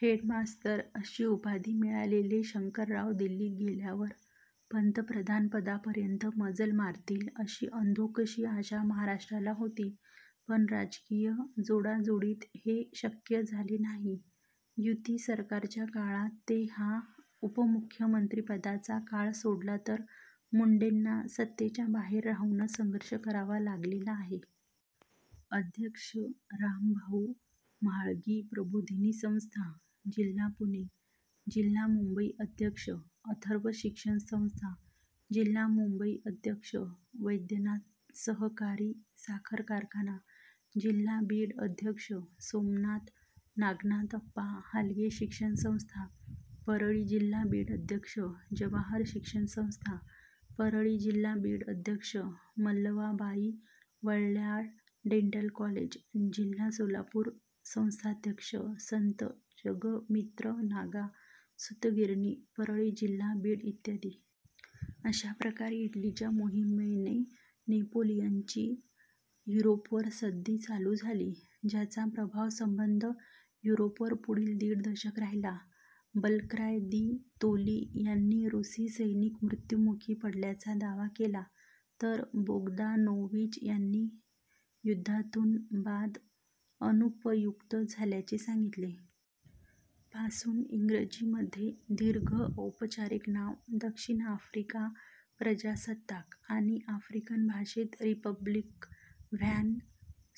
Head मास्तर अशी उपाधी मिळालेले शंकरराव दिल्लीत गेल्यावर पन्तप्रधानपदापर्यंत मजल मारतील, अशी अंधूकशी आशा महाराष्ट्राला होती; पण राजकीय जोडातोडीत हे शक्य झाले नाही. युती सरकारच्या काळात ते हा उपमुख्यमंत्रीपदाचा काळ सोडला तर मुंडेंना सत्तेच्या बाहेर राहूनच संघर्ष करावा लागलेला आहे. अध्यक्ष: रामभाऊ म्हाळगी प्रबोधिनी संस्था, जिल्हा पुणे ,जिल्हा मुंबई अध्यक्ष: अथर्व शिक्षण संस्था, जिल्हा मुंबई अध्यक्ष: वैद्यनाथ सहकारी साखर कारखाना, जिल्हा बीड अध्यक्ष: सोमनाथ नागनाथअप्पा हालगे शिक्षण संस्था, परळी जिल्हा बीड अध्यक्ष: जवाहर शिक्षण संस्था, परळी जिल्हा बीड अध्यक्ष: मल्लवाबाई वल्ल्याळ डेंटल कॉलेज, जिल्हा सोलापूर संस्थाध्यक्ष: संत जगमित्र नागा सुतगिरणी, परळी जिल्हा बीड इ. अशा प्रकारे इटलीच्या मोहिमेने नेपोलियनची युरोपवर सद्दी चालू झाली ज्याचा प्रभाव संबध युरोपवर पुढील दीड दशक राहिला. बर्क्लाय दि तोली यांनी रूसी सैनिक मृत्युमुखी पडल्याचा दावा केला, तर बोगदानोविच यांनी युद्धातून बाद अनुपयुक्त झाल्याचे सांगितले. पासून, इंग्रजीमध्ये दीर्घ औपचारिक नाव "दक्षिण आफ्रिका प्रजासत्ताक" आणि आफ्रिकन भाषेत रिपब्लिक व्हॅन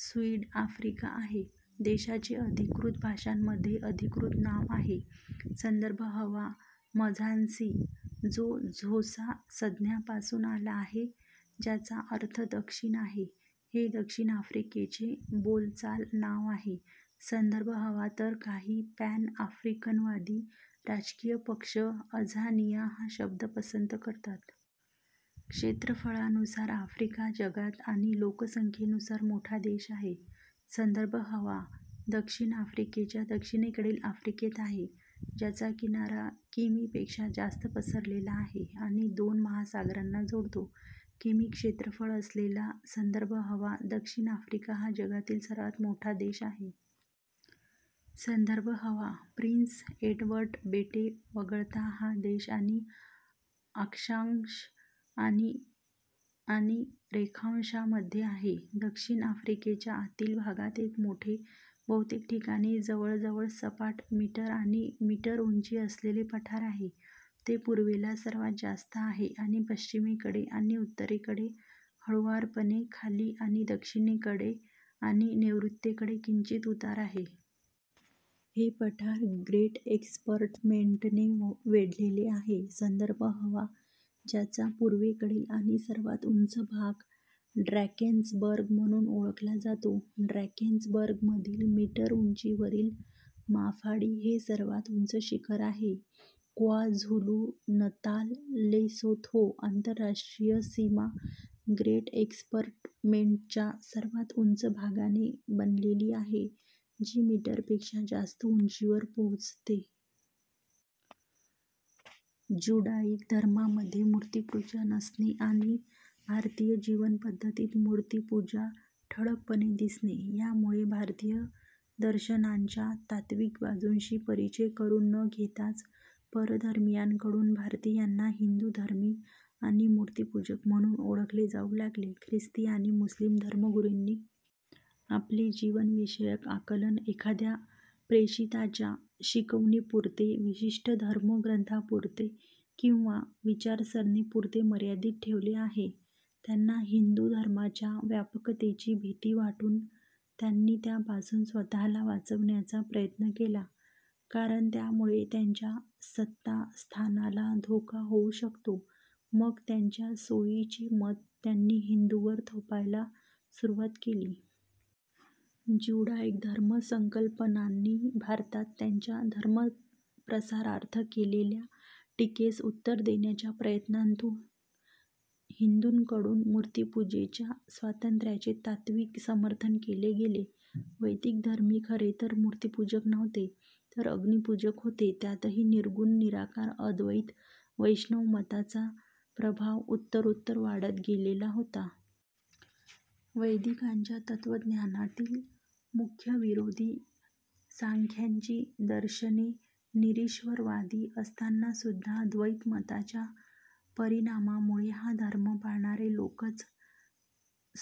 सुइड-आफ्रिका आहे. देशाचे अधिकृत भाषांमध्ये अधिकृत नाव आहे. संदर्भ हवा मझान्सी, जो झोसा संज्ञा पासून आला आहे ज्याचा अर्थ "दक्षिण" आहे, हे दक्षिण आफ्रिकेचे बोलचाल नाव आहे, संदर्भ हवा तर काही पॅन-आफ्रिकनवादी राजकीय पक्ष "अझानिया" हा शब्द पसंत करतात. क्षेत्रफळानुसार आफ्रिका जगात आणि लोकसंख्येनुसार मोठा देश आहे. संदर्भ हवा दक्षिण आफ्रिकेच्या दक्षिणेकडील आफ्रिकेत आहे, ज्याचा किनारा किमी पेक्षा जास्त पसरलेला आहे आणि दोन महासागरांना जोडतो. किमी क्षेत्रफळ असलेला, संदर्भ हवा दक्षिण आफ्रिका हा जगातील सर्वात मोठा देश आहे. संदर्भ हवा प्रिन्स एडवर्ड बेटे वगळता, हा देश आणि अक्षांश आणि आणि रेखांशांमध्ये आहे. दक्षिण आफ्रिकेच्या आतील भागात एक मोठे, बहुतेक ठिकाणी जवळजवळ सपाट, मीटर आणि मीटर उंची असलेले पठार आहे. ते पूर्वेला सर्वात जास्त आहे आणि पश्चिमेकडे आणि उत्तरेकडे हळूवारपणे खाली आणि दक्षिणेकडे आणि नैऋत्येकडे किंचित उतार आहे. हे पठार ग्रेट एस्कर्पमेंटने वेढलेले आहे. संदर्भ हवा ज्याचा पूर्वेकडील आणि सर्वात उंच भाग ड्रॅकेन्सबर्ग म्हणून ओळखला जातो. ड्रॅकेन्सबर्गमधील मीटर उंचीवरील माफाडी हे सर्वात उंच शिखर आहे. क्वाझुलु-नताल-लेसोथो आंतरराष्ट्रीय सीमा ग्रेट एस्कर्पमेंटच्या सर्वात उंच भागाने बनलेली आहे जी मीटर पेक्षा जास्त उंचीवर पोहोचते. ज्युडायिक धर्मांमध्ये मूर्तिपूजा नसणे आणि भारतीय जीवन पद्धतीत मूर्तिपूजा ठळकपणे दिसणे, यामुळे भारतीय दर्शनांच्या तात्त्विक बाजूंशी परिचय करून न घेताच परधर्मीयांकडून भारतीयांना हिंदुधर्मी आणि मूर्तिपूजक म्हणून ओळखले जाऊ लागले. ख्रिस्ती आणि मुस्लिम धर्मगुरूंनी आपले जीवनविषयक आकलन एखाद्या प्रेषिताच्या शिकवणीपुरते, विशिष्ट धर्मग्रथांपुरते किंवा विचारसरणीपुरते मर्यादित ठेवले आहे, त्यांना हिंदू धर्माच्या व्यापकतेची भीती वाटून त्यांनी त्यापासून स्वतःला वाचविण्याचा प्रयत्न केला, कारण त्यामुळे त्यांच्या सत्तास्थानाला धोका होऊ शकतो; मग त्यांच्या सोईचे मत त्यांनी हिंदूंवर थोपायला सुरुवात केली. ज्युडायिक धर्म संकल्पनांनी भारतात त्यांच्या धर्मप्रसारार्थ केलेल्या टीकेस उत्तर देण्याच्या प्रयत्नांतून हिंदूंकडून मूर्तिपूजेच्या स्वातंत्र्याचे तात्त्विक समर्थन केले गेले. वैदिकधर्मी खरेतर मूर्तिपूजक नव्हते, तर अग्निपूजक होते. त्यातही निर्गुण निराकार अद्वैत वैष्णव मताचा प्रभाव उत्तरोत्तर वाढत गेलेला होता. वैदिकांच्या तत्त्वज्ञानातील मुख्य विरोधी सांख्यांची दर्शने निरीश्वरवादी असतानासुद्धा द्वैत मताच्या परिणामामुळे हा धर्म पाळणारे लोकच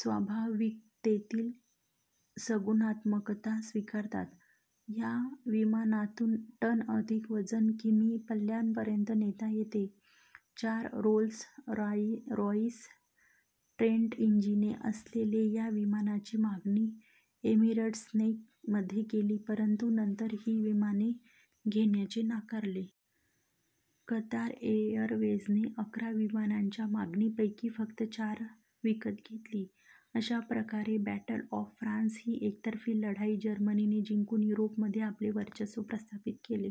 स्वाभाविकतेतील सगुणात्मकता स्वीकारतात. या विमानातून टन अधिक वजन किमी पल्ल्यापर्यंत नेता येते. चार रोल्स रॉइस ट्रेंट इंजिने असलेले या विमानाची मागणी एमिरेट्सने मध्ये केली परंतु नंतर ही विमाने घेण्याचे नाकारले. कतार एरवेझने अकरा विमानांच्या मागणीपैकी फक्त चार विकत घेतली.। अशाप्रकारे बॅटल ऑफ फ्रान्स ही एकतर्फी लढाई जर्मनीने जिंकून युरोपमध्ये आपले वर्चस्व प्रस्थापित केले.